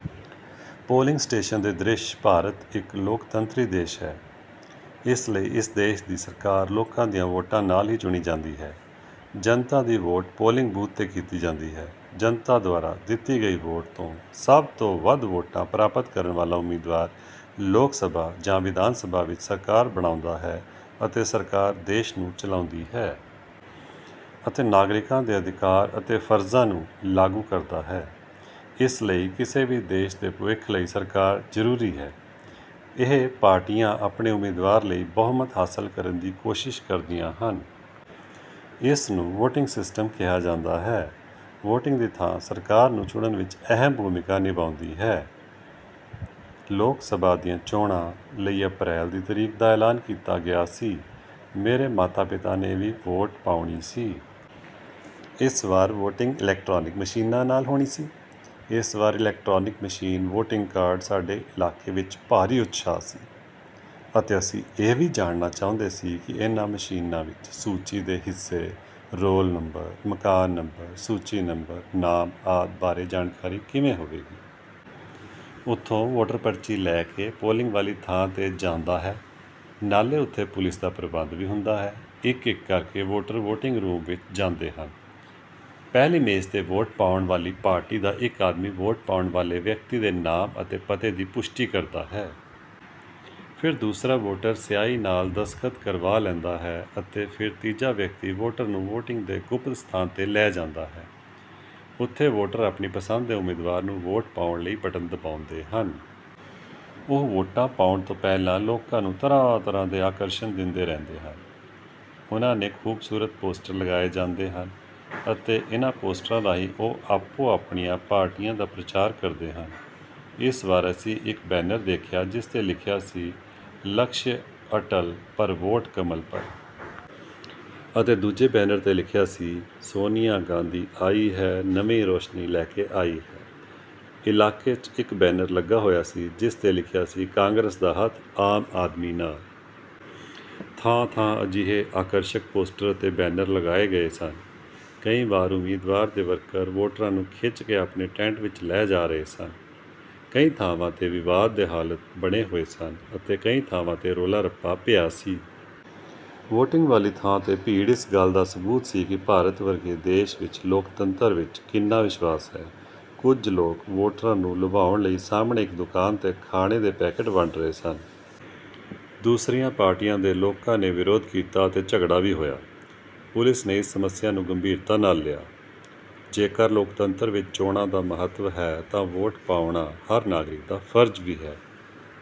Polling station ਦੇ ਦ੍ਰਿਸ਼ ਭਾਰਤ ਇੱਕ ਲੋਕਤੰਤਰੀ ਦੇਸ਼ ਹੈ। ਇਸ ਲਈ ਇਸ ਦੇਸ਼ ਦੀ ਸਰਕਾਰ ਲੋਕਾਂ ਦੀਆਂ ਵੋਟਾਂ ਨਾਲ ਹੀ ਚੁਣੀ ਜਾਂਦੀ ਹੈ। ਜਨਤਾ ਦੀ ਵੋਟ ਪੋਲਿੰਗ ਬੂਥ 'ਤੇ ਕੀਤੀ ਜਾਂਦੀ ਹੈ। ਜਨਤਾ ਦੁਆਰਾ ਦਿੱਤੀ ਗਈ ਵੋਟ ਤੋਂ ਸਭ ਤੋਂ ਵੱਧ ਵੋਟਾਂ ਪ੍ਰਾਪਤ ਕਰਨ ਵਾਲਾ ਉਮੀਦਵਾਰ ਲੋਕ ਸਭਾ ਜਾਂ ਵਿਧਾਨ ਸਭਾ ਵਿੱਚ ਸਰਕਾਰ ਬਣਾਉਂਦਾ ਹੈ ਅਤੇ ਸਰਕਾਰ ਦੇਸ਼ ਨੂੰ ਚਲਾਉਂਦੀ ਹੈ। ਅਤੇ ਨਾਗਰਿਕਾਂ ਦੇ ਅਧਿਕਾਰਾਂ ਅਤੇ ਫਰਜ਼ਾਂ ਨੂੰ ਲਾਗੂ ਕਰਦਾ ਹੈ। ਇਸ ਲਈ ਕਿਸੇ ਵੀ ਦੇਸ਼ ਦੇ ਭਵਿੱਖ ਲਈ ਸਰਕਾਰ ਜ਼ਰੂਰੀ ਹੈ। ਇਹ ਪਾਰਟੀਆਂ ਆਪਣੇ ਉਮੀਦਵਾਰ ਲਈ ਬਹੁਮਤ ਹਾਸਲ ਕਰਨ ਦੀ ਕੋਸ਼ਿਸ਼ ਕਰਦੀਆਂ ਹਨ। ਇਸ ਨੂੰ 'ਵੋਟਿੰਗ ਸਿਸਟਮ' ਕਿਹਾ ਜਾਂਦਾ ਹੈ। ਵੋਟਿੰਗ ਦੀ ਥਾਂ ਸਰਕਾਰ ਨੂੰ ਚੁਣਨ ਵਿੱਚ ਅਹਿਮ ਭੂਮਿਕਾ ਨਿਭਾਉਂਦੀ ਹੈ। ਲੋਕ ਸਭਾ ਦੀਆਂ ਚੋਣਾਂ ਲਈ ਅਪ੍ਰੈਲ ਦੀ ਤਰੀਕ ਦਾ ਐਲਾਨ ਕੀਤਾ ਗਿਆ ਸੀ। ਮੇਰੇ ਮਾਤਾ-ਪਿਤਾ ਨੇ ਵੀ ਵੋਟ ਪਾਉਣੀ ਸੀ। ਇਸ ਵਾਰ ਵੋਟਿੰਗ 'ਇਲੈਕਟ੍ਰਾਨਿਕ ਮਸ਼ੀਨਾਂ' ਨਾਲ ਹੋਣੀ ਸੀ। ਇਸ ਵਾਰ ਇਲੈਕਟਰਾਨਿਕ ਮਸ਼ੀਨ ਵੋਟਿੰਗ ਕਾਰਨ ਸਾਡੇ ਇਲਾਕੇ ਵਿੱਚ ਭਾਰੀ ਉਤਸ਼ਾਹ ਸੀ। ਅਤੇ ਅਸੀਂ ਇਹ ਵੀ ਜਾਣਨਾ ਚਾਹੁੰਦੇ ਸੀ ਕਿ ਇਹਨਾਂ ਮਸ਼ੀਨਾਂ ਵਿੱਚ ਸੂਚੀ ਦੇ ਹਿੱਸੇ, ਰੋਲ ਨੰਬਰ, ਮਕਾਨ ਨੰਬਰ, ਸੂਚੀ ਨੰਬਰ, ਨਾਮ ਆਦਿ ਬਾਰੇ ਜਾਣਕਾਰੀ ਕਿਵੇਂ ਹੋਵੇਗੀ। ਉਥੋਂ ਵੋਟਰ ਪਰਚੀ ਲੈ ਕੇ ਪੋਲਿੰਗ ਵਾਲੀ ਥਾਂ 'ਤੇ ਜਾਂਦਾ ਹੈ, ਨਾਲੇ ਉੱਥੇ ਪੁਲਿਸ ਦਾ ਪ੍ਰਬੰਧ ਵੀ ਹੁੰਦਾ ਹੈ ਇਕ-ਇਕ ਕਰਕੇ ਵੋਟਰ ਵੋਟਿੰਗ ਰੂਮ ਵਿਚ ਜਾਂਦੇ ਹਨ। ਪਹਿਲੀ ਮੇਜ਼ 'ਤੇ, ਵੋਟ ਪਾਉਣ ਵਾਲੀ ਪਾਰਟੀ ਦਾ ਇਕ ਆਦਮੀ ਵੋਟ ਪਾਉਣ ਵਾਲੇ ਵਿਅਕਤੀ ਦੇ ਨਾਮ ਅਤੇ ਪਤੇ ਦੀ ਪੁਸ਼ਟੀ ਕਰਦਾ ਹੈ। ਫਿਰ ਦੂਸਰਾ ਵੋਟਰ ਸਿਆਹੀ ਨਾਲ ਦਸਤਖਤ ਕਰਵਾ ਲੈਂਦਾ ਹੈ ਅਤੇ ਫਿਰ ਤੀਜਾ ਵਿਅਕਤੀ ਵੋਟਰ ਨੂੰ ਵੋਟਿੰਗ ਦੇ ਗੁਪਤ ਸਥਾਨ 'ਤੇ ਲੈ ਜਾਂਦਾ ਹੈ। ਉੱਥੇ ਵੋਟਰ ਆਪਣੀ ਪਸੰਦ ਦੇ ਉਮੀਦਵਾਰ ਨੂੰ ਵੋਟ ਪਾਉਣ ਲਈ ਬਟਨ ਦਬਾਉਂਦੇ ਹਨ। ਉਹ ਵੋਟਾਂ ਪਾਉਣ ਤੋਂ ਪਹਿਲਾਂ ਲੋਕਾਂ ਨੂੰ ਤਰ੍ਹਾਂ-ਤਰ੍ਹਾਂ ਦੇ ਆਕਰਸ਼ਨ ਦਿੰਦੇ ਰਹਿੰਦੇ ਹਨ। ਉਨ੍ਹਾਂ ਨੇ ਖੂਬਸੂਰਤ ਪੋਸਟਰ ਲਗਾਏ ਜਾਂਦੇ ਹਨ ਅਤੇ ਇਨ੍ਹਾਂ ਪੋਸਟਰਾਂ ਰਾਹੀਂ ਉਹ ਆਪੋ-ਆਪਣੀਆਂ ਪਾਰਟੀਆਂ ਦਾ ਪ੍ਰਚਾਰ ਕਰਦੇ ਹਨ। ਇਸ ਵਾਰ ਅਸੀਂ ਇਕ ਬੈਨਰ ਦੇਖਿਆ ਜਿਸ 'ਤੇ ਲਿਖਿਆ ਸੀ- 'ਲਕਸ਼ਯ ਅਟਲ ਪਰ ਵੋਟ ਕਮਲ ਪਰ'। ਅਤੇ ਦੂਜੇ ਬੈਨਰ 'ਤੇ ਲਿਖਿਆ ਸੀ, 'ਸੋਨੀਆ ਗਾਂਧੀ ਆਈ ਹੈ, ਨਵੀਂ ਰੋਸ਼ਨੀ ਲੈ ਕੇ ਆਈ ਹੈ। ' ਇਲਾਕੇ 'ਚ ਇਕ ਬੈਨਰ ਲੱਗਾ ਹੋਇਆ ਸੀ, ਜਿਸ 'ਤੇ ਲਿਖਿਆ ਸੀ- ਕਾਂਗਰਸ ਦਾ ਹੱਥ, ਆਮ ਆਦਮੀ ਨਾਲ। ਥਾਂ-ਥਾਂ ਅਜਿਹੇ ਆਕਰਸ਼ਕ ਪੋਸਟਰ ਅਤੇ ਬੈਨਰ ਲਗਾਏ ਗਏ ਸਨ। ਕਈ ਵਾਰ ਉਮੀਦਵਾਰ ਦੇ ਵਰਕਰ ਵੋਟਰਾਂ ਨੂੰ ਖਿੱਚ ਕੇ ਆਪਣੇ ਟੇੰਟ ਵਿੱਚ ਲੈ ਜਾ ਰਹੇ ਸਨ। ਕਈ ਥਾਵਾਂ 'ਤੇ ਵਿਵਾਦ ਦੇ ਹਾਲਾਤ ਬਣੇ ਹੋਏ ਸਨ ਅਤੇ ਕਈ ਥਾਵਾਂ 'ਤੇ ਰੌਲਾ-ਰੱਪਾ ਪਿਆ ਸੀ। ਵੋਟਿੰਗ ਵਾਲੀ ਥਾਂ 'ਤੇ ਭੀੜ ਇਸ ਗੱਲ ਦਾ ਸਬੂਤ ਸੀ ਕਿ ਭਾਰਤ ਵਰਗੇ ਦੇਸ਼ ਵਿਚ ਲੋਕਤੰਤਰ ਵਿਚ ਕਿੰਨਾ ਵਿਸ਼ਵਾਸ ਹੈ। ਕੁਝ ਲੋਕ ਵੋਟਰਾਂ ਨੂੰ ਲੁਭਾਉਣ ਲਈ ਸਾਹਮਣੇ ਇਕ ਦੁਕਾਨ 'ਤੇ ਖਾਣੇ ਦੇ ਪੈਕੇਟ ਵੰਡ ਰਹੇ ਸਨ। ਦੂਸਰੀਆਂ ਪਾਰਟੀਆਂ ਦੇ ਲੋਕਾਂ ਨੇ ਵਿਰੋਧ ਕੀਤਾ ਅਤੇ ਝਗੜਾ ਵੀ ਹੋਇਆ। ਪੁਲਿਸ ਨੇ ਇਸ ਸਮੱਸਿਆ ਨੂੰ ਗੰਭੀਰਤਾ ਨਾਲ ਲਿਆ। ਜੇਕਰ ਲੋਕਤੰਤਰ ਵਿੱਚ ਚੋਣਾਂ ਦਾ ਮਹੱਤਵ ਹੈ ਤਾਂ ਵੋਟ ਪਾਉਣਾ ਹਰ ਨਾਗਰਿਕ ਦਾ ਫਰਜ਼ ਵੀ ਹੈ।